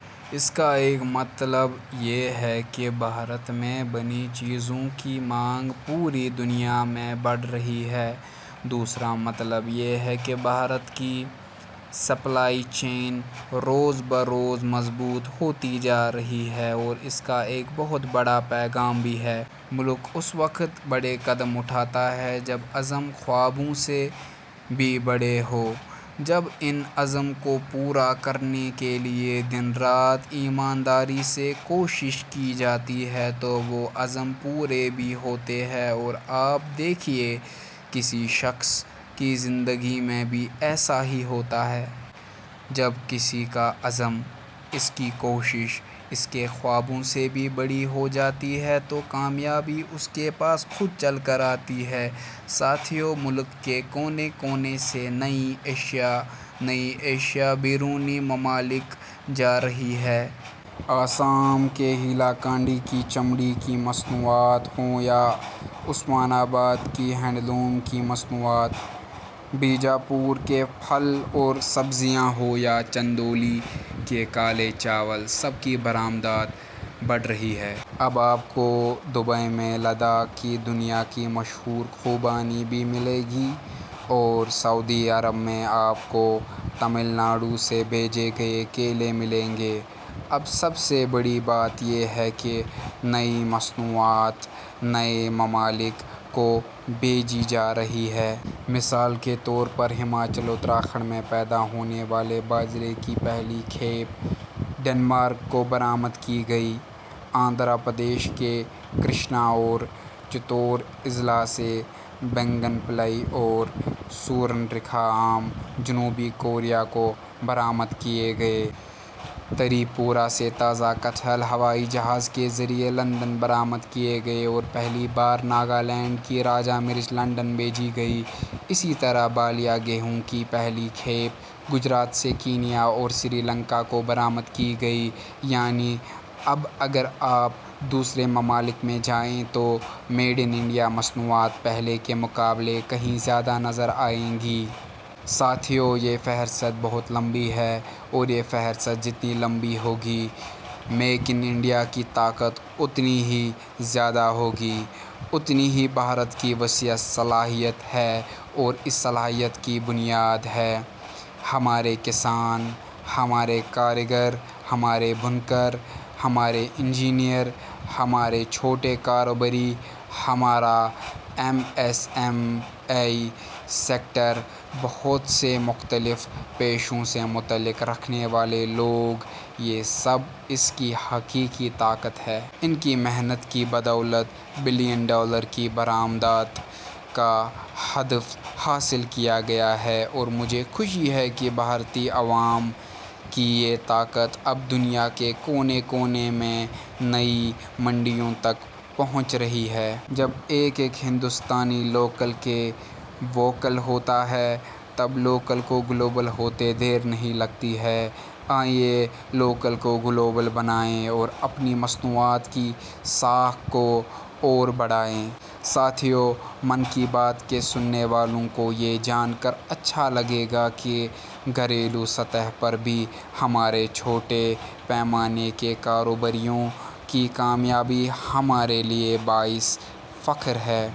اس کا ایک مطلب یہ ہے کہ بھارت میں بنی چیزوں کی مانگ پوری دنیا میں بڑھ رہی ہے، دوسرا مطلب یہ ہے کہ بھارت کی سپلائی چین روز بروز مضبوط ہوتی جارہی ہے اور اس کا ایک بہت بڑا پیغام بھی ہے۔ ملک اس وقت بڑے قدم اٹھاتا ہے ، جب عز م خوابوں سے بھی بڑے ہوں۔ جب ان عزم کو پورا کرنے کے لئے دن رات ایمانداری سے کوشش کی جاتی ہے تو وہ عزم پورے بھی ہوتے ہیں اور آپ دیکھیئے ، کسی شخص کی زندگی میں بھی ایسا ہی ہوتا ہے ۔ جب کسی کا عزم، اس کی کوشش ، اس کے خوابوں سے بھی بڑے ہو جاتے ہیں تو کامیابی ، اُس کے پاس خود چل کر آتی ہے۔ ساتھیو ، ملک کے کونے کونے سے نئی اشیاء نئی اشیا بیرونی ممالک جا رہی ہیں ۔ آسام کے ہیلا کانڈی کی چمڑے کی مصنوعات ہوں یا عثمان آباد کی ہینڈلوم کی مصنوعات، بیجاپور کے پھل اور سبزیاں ہوں یا چندولی کے کالے چاول، سب کی برآمدات بڑھ رہی ہے ۔ اب، آپ کو دوبئی میں لداخ کی دنیا کی مشہور خوبانی بھی ملے گی اور سعودی عرب میں، آپ کو تمل ناڈو سے بھیجے گئے کیلے ملیں گے۔ اب سب سے بڑی بات یہ ہے کہ نئی مصنوعات نئے ممالک کو بھیجی جا رہی ہیں۔ مثال کے طور پر، ہماچل، اتراکھنڈ میں پیدا ہونے والے باجرے کی پہلی کھیپ ڈنمارک کو برآمد کی گئی۔ آندھرا پردیش کے کرشنا اور چتور اضلاع سے بنگن پلیّ اور سورن رِکھا آم جنوبی کوریا کو برآمد کئے گئے ۔ تری پورہ سے تازہ کٹہل ہوائی جہاز کے ذریعے لندن برآمد کئے گئے اور پہلی بار ناگالینڈ کی راجہ مرچ لندن بھیجی گئی ۔ اسی طرح بھالیا گیہوں کی پہلی کھیپ گجرات سے کینیا اور سری لنکا کو برآمد کی گئی یعنی اب اگر آپ دوسرے ممالک میں جائیں تو میڈ ان انڈیا مصنوعات پہلے کے مقابلے کہیں زیادہ نظر آئیں گی۔ ساتھیو ، یہ فہرست بہت لمبی ہے اور یہ فہرست جتنی لمبی ہوگی، میک ان انڈیا کی طاقت اتنی ہی زیادہ ہوگی، اتنی ہی بھارت کی وسیع صلاحیت ہے اور اس صلاحیت کی بنیاد ہیں – ہمارے کسان، ہمارے کاریگر، ہمارے بُنکر، ہمارے انجینئر ، ہمارے چھوٹے کاروباری، ہمارا M S M E sector, بہت سے مختلف پیشوں سے تعلق رکھنے والے لوگ، یہ سب اس کی حقیقی طاقت ہیں۔ ان کی محنت کی بدولت بلین ڈالر کی برآمدات کا ہدف حاصل کیا گیا ہے اور مجھے خوشی ہے کہ بھارتی عوام کی یہ طاقت اب دنیا کے کونے کونے میں نئی منڈیوں تک پہنچ رہی ہے۔ جب ایک ایک ہندوستانی لوکل کے ووکل ہوتا ہے ، تب لوکل کو گلوبل ہوتے دیر نہیں لگتی ہے ۔ آئیے لوکل کو گلوبل بنائیں اور اپنی مصنوعات کی ساکھ کو اور بڑھائیں ۔ ساتھیو ،' من کی بات ' کے سننے والوں کو یہ جان کر اچھا لگے گا کہ گھریلو سطح پر بھی ہمارے چھوٹے پیمانے کے کاروباریوں کی کامیابی ہمارے لئے باعث فخر ہے۔